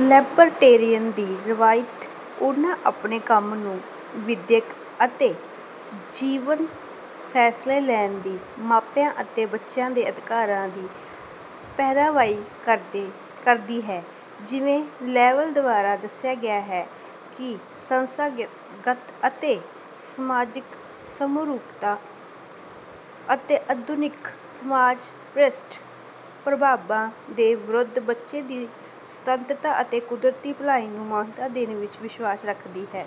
Libertarian ਦੀ ਰਵਾਇਤ ਉਨ੍ਹਾਂ ਆਪਣੇ ਕੰਮ ਨੂੰ ਵਿਦਿਅਕ ਅਤੇ ਜੀਵਨ ਫੈਸਲੇ ਲੈਣ ਦੀ ਮਾਪਿਆਂ ਅਤੇ ਬੱਚਿਆਂ ਦੇ ਅਧਿਕਾਰਾਂ ਦੀ ਪੈਰਵਾਈ ਕਰਦੀ ਹੈ। ਜਿਵੇਂ ਲੇਵਿਨ ਦੁਆਰਾ ਦੱਸਿਆ ਗਿਆ ਹੈ ਇਹ ਸੰਸਥਾਗਤ ਅਤੇ ਸਮਾਜਿਕ ਸਮਰੂਪਤਾ ਅਤੇ ਆਧੁਨਿਕ ਸਮਾਜ ਦੇ ਭ੍ਰਿਸ਼ਟ ਪ੍ਰਭਾਵਾਂ ਦੇ ਵਿਰੁੱਧ ਬੱਚੇ ਦੀ ਸੁਤੰਤਰਤਾ ਅਤੇ ਕੁਦਰਤੀ ਭਲਾਈ ਨੂੰ ਮਾਨਤਾ ਦੇਣ ਵਿੱਚ ਵਿਸ਼ਵਾਸ ਰਖਦੀ ਹੈ।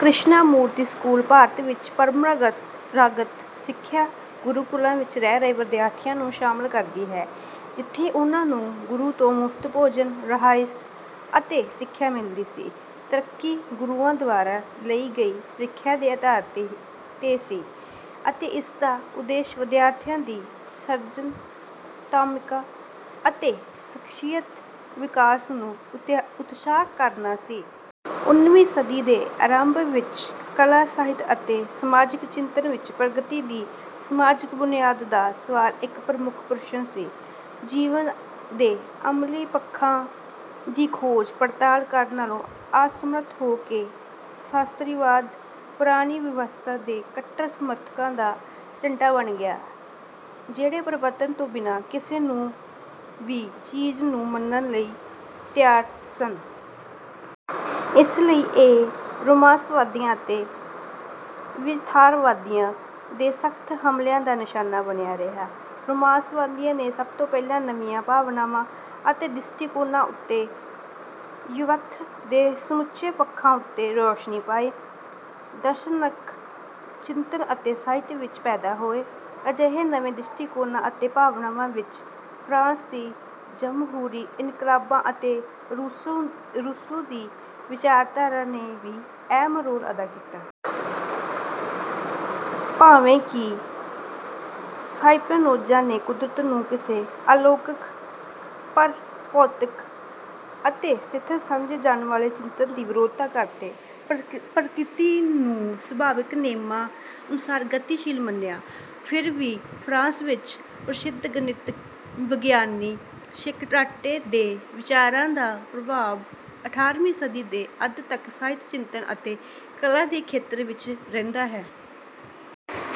ਕ੍ਰਿਸ਼ਨਾਮੂਰਤੀ ਸਕੂਲ। ਭਾਰਤ ਵਿੱਚ ਪ੍ਰੰਪਰਾਗਤ ਸਿੱਖਿਆ ਗੁਰੂਕੁਲਾਂ ਵਿੱਚ ਰਹਿ ਰਹੇ ਵਿਦਿਆਰਥੀਆਂ ਨੂੰ ਸ਼ਾਮਲ ਕਰਦੀ ਹੈ ਜਿੱਥੇ ਉਨ੍ਹਾਂ ਨੂੰ ਗੁਰੂ ਤੋਂ ਮੁਫਤ ਭੋਜਨ ਰਿਹਾਇਸ਼ ਅਤੇ ਸਿੱਖਿਆ ਮਿਲਦੀ ਸੀ। ਤਰੱਕੀ ਗੁਰੂਆਂ ਦੁਆਰਾ ਲਈ ਗਈ ਪ੍ਰੀਖਿਆ ਦੇ ਆਧਾਰ ਤੇ ਸੀ ਅਤੇ ਇਸਦਾ ਉਦੇਸ਼ ਵਿਦਿਆਰਥੀਆਂ ਦੀ ਸਿਰਜਣਾਤਮਕਤਾ ਅਤੇ ਸ਼ਖਸੀਅਤ ਵਿਕਾਸ ਨੂੰ ਉਤਸ਼ਾਹਿਤ ਕਰਨਾ ਸੀ। ਉਨੀਵੀਂ ਸਦੀ ਦੇ ਆਰੰਭ ਵਿੱਚ ਕਲਾ ਸਾਹਿਤ ਅਤੇ ਸਮਾਜਿਕ ਚਿੰਤਨ ਵਿੱਚ ਪ੍ਰਗਤੀ ਦੀ ਸਮਾਜਿਕ ਬੁਨਿਆਦ ਦਾ ਸਵਾਲ ਇੱਕ ਪ੍ਰਮੁੱਖ ਪ੍ਰਸ਼ਨ ਸੀ। ਜੀਵਨ ਦੇ ਅਮਲੀ ਪੱਖਾਂ ਦੀ ਖੋਜ ਪੜਤਾਲ ਕਰਨੋਂ ਅਸਮਰੱਥ ਹੋ ਕੇ ਸ਼ਾਸਤਰੀਵਾਦ ਪੁਰਾਣੀ ਵਿਵਸਥਾ ਦੇ ਕੱਟੜ ਸਮਰਥਕਾਂ ਦਾ ਝੰਡਾ ਬਣ ਗਿਆ ਜਿਹੜੇ ਪਰਿਵਰਤਨ ਤੋਂ ਬਿਨਾਂ ਕਿਸੇ ਵੀ ਚੀਜ਼ ਨੂੰ ਮੰਨਣ ਲਈ ਤਿਆਰ ਸਨ। ਇਸੇ ਲਈ ਇਹ ਰੁਮਾਂਸਵਾਦੀਆਂ ਅਤੇ ਯਥਾਰਥਵਾਦੀਆਂ ਦੇ ਸਖਤ ਹਮਲਿਆਂ ਦਾ ਨਿਸ਼ਾਨਾ ਬਣਿਆ ਰਿਹਾ। ਰੁਮਾਂਸਵਾਦ ਨੇ ਹੀ ਸਭ ਤੋਂ ਪਹਿਲਾਂ ਨਵੀਆਂ ਭਾਵਨਾਵਾਂ ਅਤੇ ਦ੍ਰਿਸ਼ਟੀਕੋਣਾਂ ਉੱਤੇ ਅਤੇ ਯਥਾਰਥ ਦੇ ਸਮੁੱਚੇ ਪੱਖਾਂ ਉੱਤੇ ਰੌਸ਼ਨੀ ਪਾਈ। ਦਾਰਸ਼ਨਿਕ ਚਿੰਤਨ ਅਤੇ ਸਾਹਿਤ ਵਿੱਚ ਪੈਦਾ ਹੋਏ ਅਜਿਹੇ ਨਵੇਂ ਦ੍ਰਿਸ਼ਟੀਕੋਣਾਂ ਅਤੇ ਭਾਵਨਾਵਾਂ ਵਿੱਚ ਫਰਾਂਸ ਦੇ ਜਮਹੂਰੀ ਇਨਕਲਾਬਾਂ ਅਤੇ ਰੂਸੋ ਦੀ ਵਿਚਾਰਧਾਰਾ ਨੇ ਵੀ ਅਹਿਮ ਰੋਲ ਅਦਾ ਕੀਤਾ। ਭਾਵੇਂ ਕਿ ਸਪਾਈਨੋਜ਼ਾ ਨੇ ਕੁਦਰਤ ਨੂੰ ਕਿਸੇ ਅਲੌਕਿਕ ਪਰਾਭੌਤਿਕ ਅਤੇ ਸਥਿਰ ਸਮਝੇ ਜਾਣ ਵਾਲੇ ਚਿੰਤਨ ਦੀ ਵਿਰੋਧਤਾ ਕਰਦਿਆਂ ਪ੍ਰਕਿਰਤੀ ਨੂੰ ਸੁਭਾਵਿਕ ਨੇਮਾਂ ਅਨੁਸਾਰ ਗਤੀਸ਼ੀਲ ਮੰਨਿਆ। ਫਿਰ ਵੀ ਫਰਾਂਸ ਵਿੱਚ ਪ੍ਰਸਿੱਧ ਗਣਿਤ ਵਿਗਿਆਨੀ ਛੇਕਾਰਟੇ ਦੇ ਵਿਚਾਰਾਂ ਦਾ ਪ੍ਰਭਾਵ ਅਠਾਰ੍ਹਵੀਂ ਸਦੀ ਦੇ ਅੱਧ ਤੱਕ ਸਾਹਿਤ ਚਿੰਤਨ ਅਤੇ ਕਲਾ ਦੇ ਖੇਤਰ ਵਿੱਚ ਰਹਿੰਦਾ ਹੈ।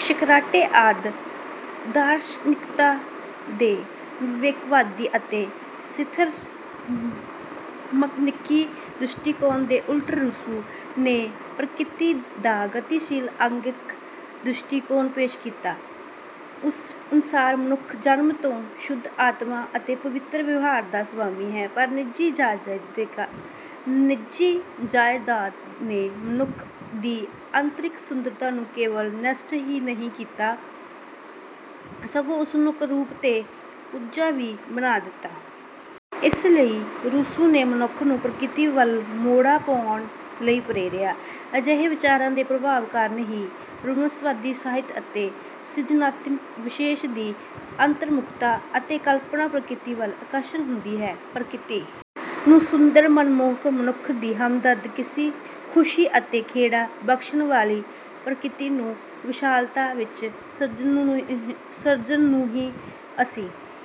ਛੇਕਾਰਟੇ ਆਦਿ ਦਾਰਸ਼ਨਿਕਤਾ ਦੇ ਵਿਵੇਕਵਾਦੀ ਅਤੇ ਸਥਿਰ ਮਕੈਨੀਕੀ ਦ੍ਰਿਸ਼ਟੀਕੋਣ ਦੇ ਉਲਟ ਰੂਸੋ ਨੇ ਪ੍ਰਕਿਰਤੀ ਦਾ ਗਤੀਸ਼ੀਲ ਆਂਗਿਕ ਦ੍ਰਿਸ਼ਟੀਕੋਣ ਪੇਸ਼ ਕੀਤਾ। ਉਸ ਅਨੁਸਾਰ ਮਨੁੱਖ ਜਨਮ ਤੋਂ ਤਾਂ ਸ਼ੁੱਧ ਆਤਮਾ ਅਤੇ ਪਵਿੱਤਰ ਵਿਵਹਾਰ ਦਾ ਸੁਆਮੀ ਹੈ ਪਰ ਨਿੱਜੀ ਜਾਇਦਾਦ ਨੇ ਮਨੁੱਖ ਦੀ ਆਂਤਰਿਕ ਸੁੰਦਰਤਾ ਨੂੰ ਕੇਵਲ ਨਸ਼ਟ ਹੀ ਨਹੀਂ ਕੀਤਾ ਸਗੋਂ ਉਸਨੂੰ ਕਰੂਪ ਅਤੇ ਕੋਝਾ ਵੀ ਬਣਾ ਦਿੱਤਾ। ਇਸ ਲਈ ਰੂਸੋ ਨੇ ਮਨੁੱਖ ਨੂੰ ਪ੍ਰਕਿਰਤੀ ਵੱਲ ਮੋੜਾ ਪਾਉਣ ਲਈ ਪ੍ਰੇਰਿਆ। ਅਜਿਹੇ ਵਿਚਾਰਾਂ ਦੇ ਪ੍ਰਭਾਵ ਕਾਰਨ ਹੀ ਰੁਮਾਂਸਵਾਦੀ ਸਾਹਿਤ ਵਿੱਚ ਸਿਰਜਣਾਤਮਕ ਵਿਸ਼ੇਸ਼ ਦੀ ਅੰਤਰਮੁੱਖਤਾ ਅਤੇ ਕਲਪਨਾ ਪ੍ਰਕਿਰਤੀ ਵੱਲ ਆਕਰਸ਼ਿਤ ਹੁੰਦੀ ਹੈ। ਪ੍ਰਕਿਰਤੀ ਨੂੰ ਸੁੰਦਰ ਮਨਮੋਹਕ ਮਨੁੱਖ ਦੀ ਹਮਦਰਦ ਖੁਸ਼ੀ ਅਤੇ ਖੇੜਾ ਬਖਸ਼ਣ ਵਾਲੀ ਅਤੇ ਪ੍ਰਕਿਰਤੀ ਨੂੰ ਵਿਸ਼ਾਲਤਾ ਵਿੱਚ ਸਿਰਜਣਾ ਨੂੰ ਹੀ ਅਸੀਂ